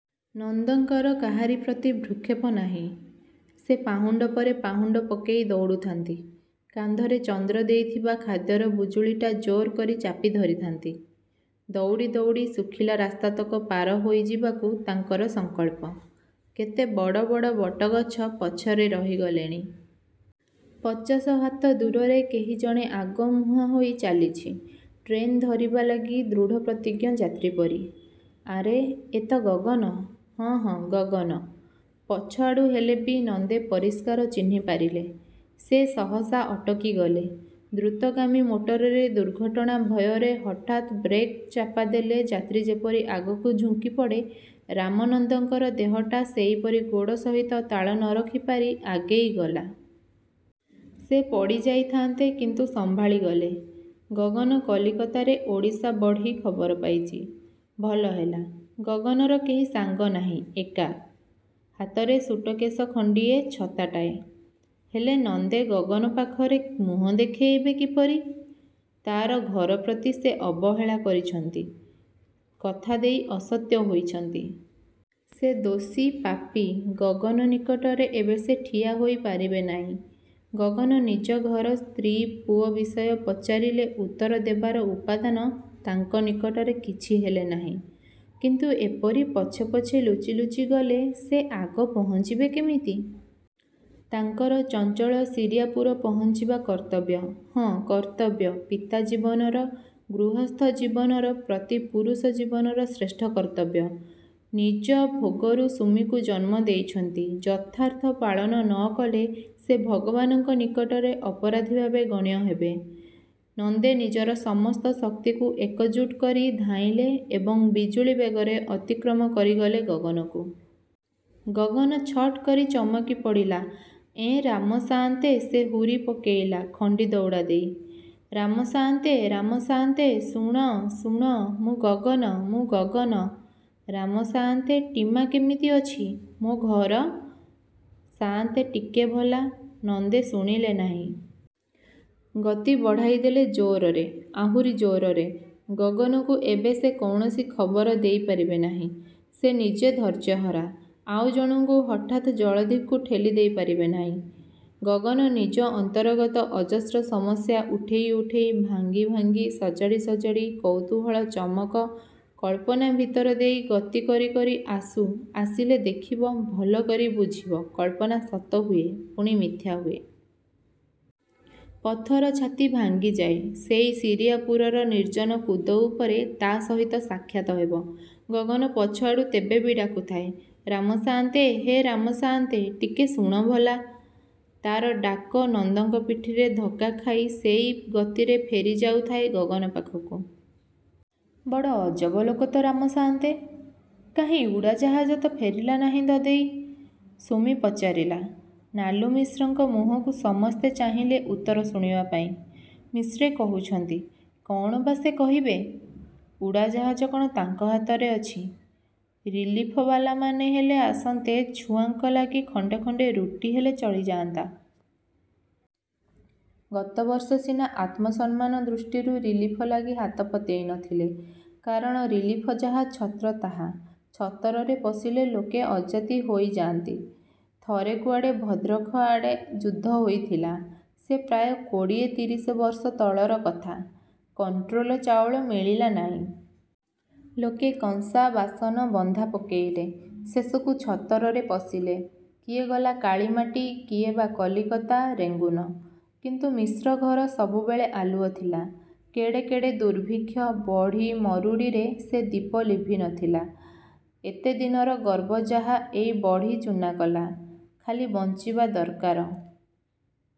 ନନ୍ଦଙ୍କର କାହାରି ପ୍ରତି ଭ୍ରୂକ୍ଷେପ ନାହିଁ। ସେ ପାହୁଣ୍ଡ ପରେ ପାହୁଣ୍ଡ ପକେଇ ଦଉଡ଼ୁଥାନ୍ତି। କାନ୍ଧରେ ଚନ୍ଦ୍ର ଦେଇଥିବା ଖାଦ୍ୟର ବୁଜୁଳିଟା ଜୋର୍ କରି ଚାପି ଧରିଥାନ୍ତି। ଦଉଡ଼ି ଦଉଡ଼ି ଶୁଖିଲା ରାସ୍ତାତକ ପାର ହୋଇ ଯିବାକୁ ତାଙ୍କର ସଂକଳ୍ପ। କେତେ ବଡ଼ ବଡ଼ ବଟଗଛ ପଛରେ ରହିଗଲେଣି। ପଚାଶ ହାତ ଦୂରରେ କେହି ଜଣେ ଆଗମୁହାଁ ହୋଇ ଚାଲିଛି। ଟ୍ରେନ୍ ଧରିବା ଲାଗି ଦୃଢ଼ପ୍ରତିଜ୍ଞ ଯାତ୍ରୀ ପରି। ଆରେ, ଏ ତ ଗଗନ। ହଁ ହଁ ଗଗନ। ପଛଆଡ଼ୁ ହେଲେ ବି ନନ୍ଦେ ପରିଷ୍କାର ଚିହ୍ନି ପାରିଲେ। ସେ ସହସା ଅଟକିଗଲେ। ଦ୍ରୁତଗାମୀ ମୋଟରରେ ଦୁର୍ଘଟଣା ଭୟରେ ହଠାତ୍ ବ୍ରେକ୍ ଚାପା ଦେଲେ ଯାତ୍ରୀ ଯେପରି ଆଗକୁ ଝୁଙ୍କି ପଡ଼େ, ରାମନନ୍ଦଙ୍କର ଦେହଟା ସେଇପରି ଗୋଡ଼ ସହିତ ତାଳ ନ ରଖି ପାରି ଆଗେଇ ଗଲା। ସେ ପଡ଼ି ଯାଇଥାନ୍ତେ-କିନ୍ତୁ ସମ୍ଭାଳି ଗଲେ। ଗଗନ କଲିକତାରେ ଓଡ଼ିଶା ବଢ଼ି ଖବର ପାଇଚି। ଭଲହେଲା। ଗଗନର କେହି ସାଙ୍ଗ ନାହିଁ, ଏକା। ହାତରେ ସୁଟକେଶ ଖଣ୍ଡିଏ-ଛତାଟାଏ। ହେଲେ, ନନ୍ଦେ ଗଗନ ପାଖରେ ମୁହଁ ଦେଖେଇବେ କିପରି? ତାର ଘରପ୍ରତି ସେ ଅବହେଳା କରିଛନ୍ତି। କଥା ଦେଇ ଅସତ୍ୟ ହୋଇଛନ୍ତି। ସେ ଦୋଷୀ ପାପୀ, ଗଗନ ନିକଟରେ ଏବେ ସେ ଠିଆ ହୋଇ ପାରିବେ ନାଇଁ। ଗଗନ ନିଜଘର ସ୍ତ୍ରୀ-ପୁଅ ବିଷୟ ପଚାରିଲେ ଉତ୍ତର ଦେବାର ଉପାଦାନ ତାଙ୍କ ନିକଟରେ କିଛି ହେଲେ ନାହିଁ। କିନ୍ତୁ ଏପରି ପଛେ ପଛେ ଲୁଚି ଲୁଚି ଗଲେ ସେ ଆଗ ପହଞ୍ଚିବେ କେମିତି? ତାଙ୍କର ଚଞ୍ଚଳ ଶିରିଆପୁର ପହଞ୍ଚିବା କର୍ତ୍ତବ୍ୟ। ହଁ-କର୍ତ୍ତବ୍ୟ; ପିତା ଜୀବନର, ଗୃହସ୍ଥ ଜୀବନର ପ୍ରତି ପୁରୁଷ ଜୀବନର ଶ୍ରେଷ୍ଠ କର୍ତ୍ତବ୍ୟ। ନିଜ ଭୋଗରୁ ସୁମିକୁ ଜନ୍ମ ଦେଇଛନ୍ତି-ଯଥାର୍ଥ ପାଳନ ନ କଲେ ସେ ଭଗବାନଙ୍କ ନିକଟରେ ଅପରାଧୀ ଭାବେ ଗଣ୍ୟ ହେବେ। ନନ୍ଦେ ନିଜର ସମସ୍ତ ଶକ୍ତିକୁ ଏକଜୁଟ୍ କରି ଧାଇଁଲେ ଏବଂ ବିଜୁଳି ବେଗରେ ଅତିକ୍ରମ କରିଗଲେ ଗଗନକୁ। ଗଗନ ଛଟ୍ କରି ଚମକି ପଡ଼ିଲା; ଏଁ ରାମ ସାଆନ୍ତେ ସେ ହୁରି ପକେଇଲା-ଖଣ୍ଡି ଦଉଡ଼ା ଦେଇ। 'ରାମ ସାଆନ୍ତେ, ରାମ ସାଆନ୍ତେ-ଶୁଣ, ଶୁଣ-ମୁଁ ଗଗନ, ମୁଁ ଗଗନ। ରାମ ସାଆନ୍ତେ, ଟିମା କେମିତି ଅଛି? ମୋ ଘର? ସାଆନ୍ତେ ଟିକେ ଭଲା। ' ନନ୍ଦେ ଶୁଣିଲେ ନାଇଁ। ଗତି ବଢ଼ାଇ ଦେଲେ-ଜୋରରେ, ଆହୁରି ଜୋରରେ। ଗଗନକୁ ଏବେ ସେ କୌଣସି ଖବର ଦେଇପାରିବେ ନାହିଁ। ସେ ନିଜେ ଧୈର୍ଯ୍ୟହରା। ଆଉ ଜଣଙ୍କୁ ହଠାତ୍ ଜଳଧିକୁ ଠେଲି ଦେଇ ପାରିବେ ନାଇଁ। ଗଗନ ନିଜ ଅନ୍ତରଗତ ଅଜସ୍ର ସମସ୍ୟା ଉଠେଇ ଉଠେଇ ଭାଙ୍ଗି ଭାଙ୍ଗି, ସଜାଡ଼ି ସଜାଡ଼ି, କୌତୂହଳ ଚମକ, କଳ୍ପନା ଭିତର ଦେଇ ଗତି କରି କରି ଆସୁ, ଆସିଲେ ଦେଖିବ, ଭଲକରି ବୁଝିବ-କଳ୍ପନା ସତହୁଏ, ପୁଣି ମିଥ୍ୟାହୁଏ। ପଥର ଛାତି ଭାଙ୍ଗିଯାଏ। ସେଇ ଶିରିଆପୁରର ନିର୍ଜ୍ଜନ କୁଦ ଉପରେ ତା ସହିତ ସାକ୍ଷାତ ହେବ। ଗଗନ ପଛଆଡ଼ୁ ତେବେ ବି ଡାକୁଥାଏ-''ରାମ ସାଆନ୍ତେ, ହେ ରାମ ସାଆନ୍ତେ, ଟିକେ ଶୁଣ ଭଲା। '' ତାର ଡାକ ନନ୍ଦଙ୍କ ପିଠିରେ ଧକ୍କା ଖାଇ ସେଇ ଗତିରେ ଫେରି ଯାଉଥାଏ ଗଗନ ପାଖକୁ। ବଡ଼ ଅଜବ ଲୋକ ତ ରାମ ସାଆନ୍ତେ! 'କାହିଁ, ଉଡ଼ାଜାହାଜ ତ ଫେରିଲା ନାହିଁ ଦଦେଇ-ସୁମି ପଚାରିଲା। ନାଲୁମିଶ୍ରଙ୍କ ମୁହଁକୁ ସମସ୍ତେ ଚାହିଁଲେ ଉତ୍ତର ଶୁଣିବା ପାଇଁ। ମିଶ୍ରେ କହୁଛନ୍ତି। କଣ ବା ସେ କହିବେ? ଉଡ଼ାଜାହାଜ କଣ ତାଙ୍କ ହାତରେ ଅଛି। ରିଲିଫବାଲାମାନେ ହେଲେ ଆସନ୍ତେ ଛୁଆଙ୍କ ଲାଗି ଖଣ୍ଡେ ଖଣ୍ଡେ ରୁଟିହେଲେ ଚଳିଯାନ୍ତା। ଗତବର୍ଷ ସିନା ଆତ୍ମସମ୍ମାନ ଦୃଷ୍ଟିରୁ ରିଲିଫ ଲାଗି ହାତ ପତେଇ ନଥିଲେ। କାରଣ ରିଲିଫ ଯାହା ଛତ୍ର ତାହା। ଛତରରେ ପଶିଲେ ଲୋକେ ଅଜାତି ହୋଇଯାନ୍ତି। ଥରେ କୁଆଡ଼େ ଭଦ୍ରଖଆଡ଼େ ଯୁଦ୍ଧ ହୋଇଥିଲା। ସେ ପ୍ରାୟ କୋଡ଼ିଏ ତିରିଶ ବର୍ଷ ତଳର କଥା। କଂଟ୍ରୋଲ ଚାଉଳ ମିଳିଲା ନାଇଁ। ଲୋକେ କଂସା, ବାସନ ବନ୍ଧା ପକେଇଲେ। ଶେଷକୁ ଛତରରେ ପଶିଲେ। କିଏ ଗଲା କାଳିମାଟି, କିଏ ବା କଲିକତା, ରେଙ୍ଗୁନ। କିନ୍ତୁ ମିଶ୍ରଘର ସବୁବେଳେ ଆଲୁଅ ଥିଲା। କେଡ଼େ କେଡ଼େ ଦୁର୍ଭିକ୍ଷ, ବଢ଼ି-ମରୁଡ଼ିରେ ସେ ଦୀପ ଲିଭି ନଥିଲା। ଏତେଦିନର ଗର୍ବ ଯାହା ଏଇ ବଢ଼ି ଚୂନା କଲା। ଖାଲି ବଞ୍ଚିବା ଦର୍କାର।